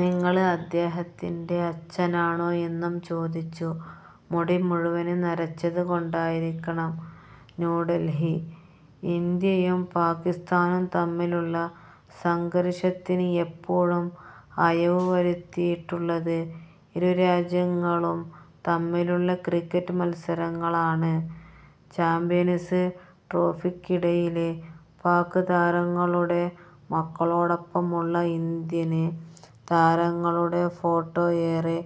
നിങ്ങള് അദ്ദേഹത്തിന്റെ അച്ഛനാണോ എന്നും ചോദിച്ചു. മുടി മുഴുവന് നരച്ചത് കൊണ്ടായിരിക്കും. ന്യൂഡല്ഹി:ഇന്ത്യയും പാകിസ്താനും തമ്മിലുള്ള സംഘര്ഷത്തിന് എപ്പോഴും അയവു വരുത്തിയിട്ടുള്ളത് ഇരുരാജ്യങ്ങളും തമ്മിലുള്ള ക്രിക്കറ്റ് മത്സരങ്ങളാണ്. ചാമ്പ്യന്സ് ട്രോഫിക്കിടയില് പാക് താരങ്ങളുടെ മക്കളോടൊപ്പമുള്ള ഇന്ത്യന് താരങ്ങളുടെ ഫോട്ടോ ഏറെ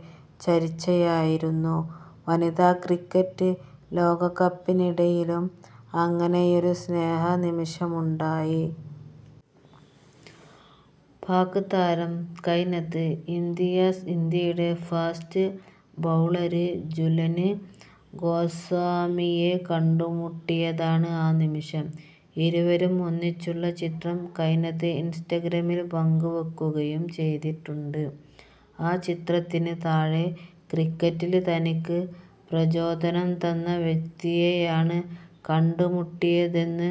ചര്ച്ചയായിരുന്നു. വനിതാ ക്രിക്കറ്റ് ലോകകപ്പിനിടയിലും അങ്ങനെയൊരു സ്നേഹ നിമിഷമുണ്ടായി. പാക് താരം കൈനത് ഇംതിയാസ് ഇന്ത്യയുടെ ഫാസ്റ്റ് ബൗളര് ജുലന് ഗോസ്വാമിയെ കണ്ടുമുട്ടിയതാണ് ആ നിമിഷം. ഇരുവരും ഒന്നിച്ചുള്ള ചിത്രം കൈനത് ഇന്സ്റ്റഗ്രമില് പങ്കുവെയ്ക്കുകയും ചെയ്തിട്ടുണ്ട്. ആ ചിത്രത്തിന് താഴെ ക്രിക്കറ്റില് തനിക്ക് പ്രചോദനം തന്ന വ്യക്തിയെയാണ് കണ്ടുമുട്ടിയതെന്ന്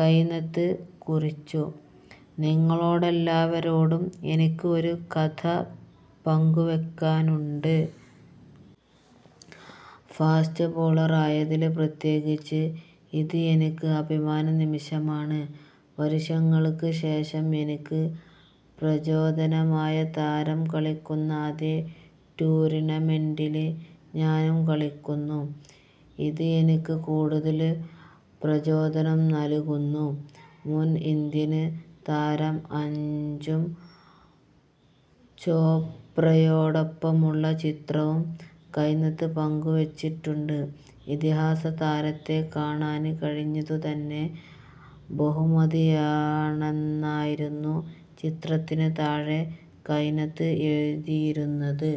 കൈനത് കുറിച്ചു. ''നിങ്ങളോടൊല്ലാവരോടും എനിക്ക് ഒരു കഥ പങ്കുവെയ്ക്കാനുണ്ട്. ഫാസ്റ്റ് ബൗളറായതില് പ്രത്യേകിച്ച്. ഇത് എനിക്ക് അഭിമാന നിമിഷമാണ്. വര്ഷങ്ങള്ക്ക് ശേഷം എനിക്ക് പ്രചോദനമായ താരം കളിക്കുന്ന അതേ ടൂര്ണമെന്റില് ഞാനും കളിക്കുന്നു. ഇത് എനിക്ക് കൂടുതല് പ്രചോദനം നല്കുന്നു. '' മുന് ഇന്ത്യന് താരം അഞ്ജും ചോപ്രയോടൊപ്പമുള്ള ചിത്രവും കൈനത് പങ്കുവെച്ചിട്ടുണ്ട്. ഇതിഹാസ താരത്തെ കാണാന് കഴിഞ്ഞതു തന്നെ ബഹുമതിയാണെന്നായിരുന്നു ചിത്രത്തിന് താഴെ കൈനത് എഴുതിയിരുന്നത്.